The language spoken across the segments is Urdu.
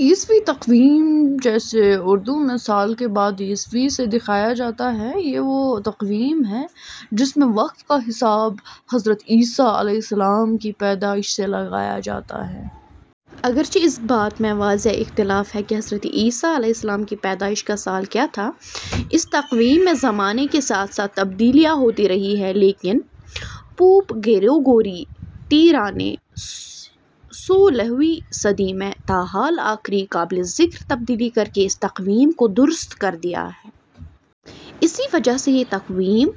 عیسوی تقویم جسے اردو میں سال کے بعد 'ء' سے دکھایا جاتا ہے ، یہ وہ تقویم ہے جس میں وقت کا حساب حضرت عیسیٰ علیهٔ السلام کی پیدائش سے لگایا جاتا ہے۔ اگر چہ اس بات میں واضح اختلاف ہے کہ حضرت عیسیٰ علیہ السلام کی پیدائش کا سال کیا تھا۔ اس تقویم میں زمانے کے ساتھ ساتھ تبدیلیاں ہوتی رہی ہیں لیکن پوپ گریگوری تیرہ نے سولہویں صدی میں تاحال آخری قابلِ ذکر تبدیلی کر کے اس تقویم کو درست کر دیا تھا۔ اسی وجہ سے یہ تقویم،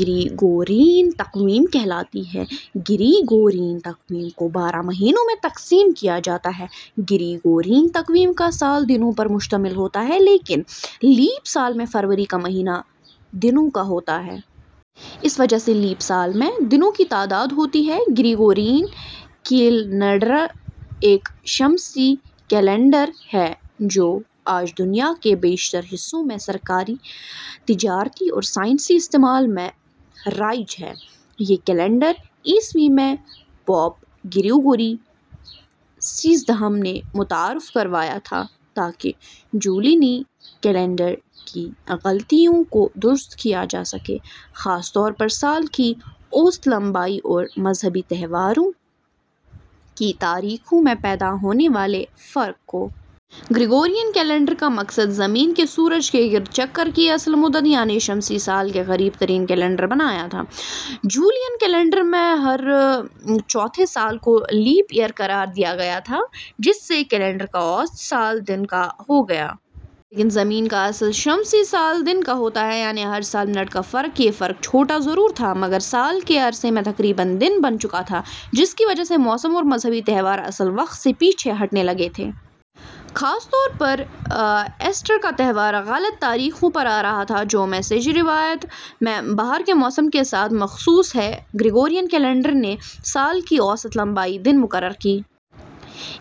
گریگورین تقویم کہلاتی ہے۔ گریگورین تقویم کو بارہ مہینوں میں تقسیم کیا جاتا ہے۔ گریگورین تقویم کا سال دنوں پر مشتمل ہوتا ہے لیکن لیپ سال میں فروری کا مہینہ دنوں کا ہوتا ہے۔ اس وجہ سے لیپ سال میں دنوں کی تعداد ہوتی ہے۔ گریگورین کیلنڈر ایک شمسی کیلنڈر ہے جو آج دنیا کے بیشتر حصوں میں سرکاری، تجارتی اور سائنسی استعمال میں رائج ہے۔ یہ کیلنڈر ء میں پوپ گریگوری سیزدہم نے متعارف کروایا تھا تاکہ جولینی کیلنڈر کی غلطیوں کو درست کیا جا سکے، خاص طور پر سال کی اوسط لمبائی اور مذہبی تہواروں کی تاریخوں میں پیدا ہونے والے فرق کو۔ گریگورین کیلنڈر کا مقصد زمین کے سورج کے گرد چکر کی اصل مدت یعنی شمسی سال کے قریب ترین کیلنڈر بنانا تھا۔ جولین کیلنڈر میں ہر چوتھے سال کو لیپ ایئر قرار دیا گیا تھا، جس سے کیلنڈر کا اوسط سال دن کا ہو گیا۔ لیکن زمین کا اصل شمسی سال. دن کا ہوتا ہے، یعنی ہر سال منٹ کا فرق۔ یہ فرق چھوٹا ضرور تھا، مگر سال کے عرصے میں تقریباً دن بن چکا تھا، جس کی وجہ سے موسم اور مذہبی تہوار اصل وقت سے پیچھے ہٹنے لگے تھے۔ خاص طور پر ایسٹر کا تہوار غلط تاریخوں پر آ رہا تھا، جو مسیحی روایت میں بہار کے موسم کے ساتھ مخصوص ہے۔ گریگورین کیلنڈر نے سال کی اوسط لمبائی. دن مقرر کی۔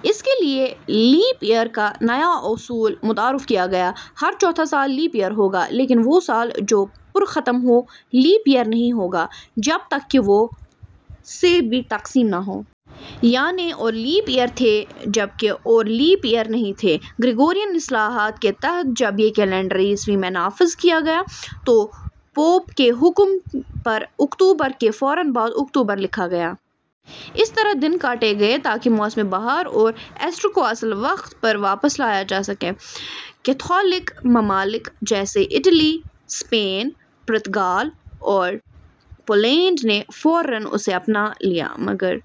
اس کے لیے لیپ ایئر کا نیا اصول متعارف کیا گیا: ہر چوتھا سال لیپ ایئر ہوگا۔ لیکن وہ سال جو پر ختم ہو، لیپ ایئر نہیں ہوگا، جب تک کہ وہ سے بھی تقسیم نہ ہو۔ یعنی اور لیپ ایئر تھے، جبکہ ، اور لیپ ایئر نہیں تھے۔ گریگورین اصلاحات کے تحت جب یہ کیلنڈر ء میں نافذ کیا گیا، تو پوپ کے حکم پر اکتوبر کے فوراً بعد اکتوبر لکھا گیا۔ اس طرح دن کاٹے گئے تاکہ موسمِ بہار اور ایسٹر کو اصل وقت پر واپس لایا جا سکے۔ کیتھولک ممالک جیسے اٹلی ، اسپین ، پرتگال اور پولینڈ نے فوراً اسے اپنا لیا، مگر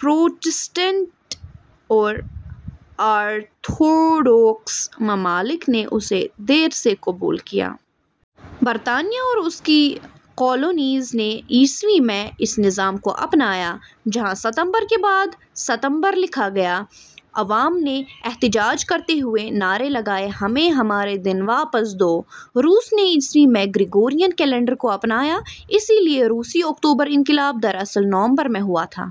پروٹسٹنٹ اور آرتھوڈوکس ممالک نے اسے دیر سے قبول کیا۔ برطانیہ اور اس کی کالونیز نے ء میں اس نظام کو اپنایا، جہاں ستمبر کے بعد ستمبر لکھا گیا۔ عوام نے احتجاج کرتے ہوئے نعرے لگائے: "ہمیں ہمارے دن واپس دو! "۔ روس نے ء میں گریگورین کیلنڈر کو اپنایا، اسی لیے روسی " اکتوبر انقلاب " دراصل نومبر میں ہوا تھا۔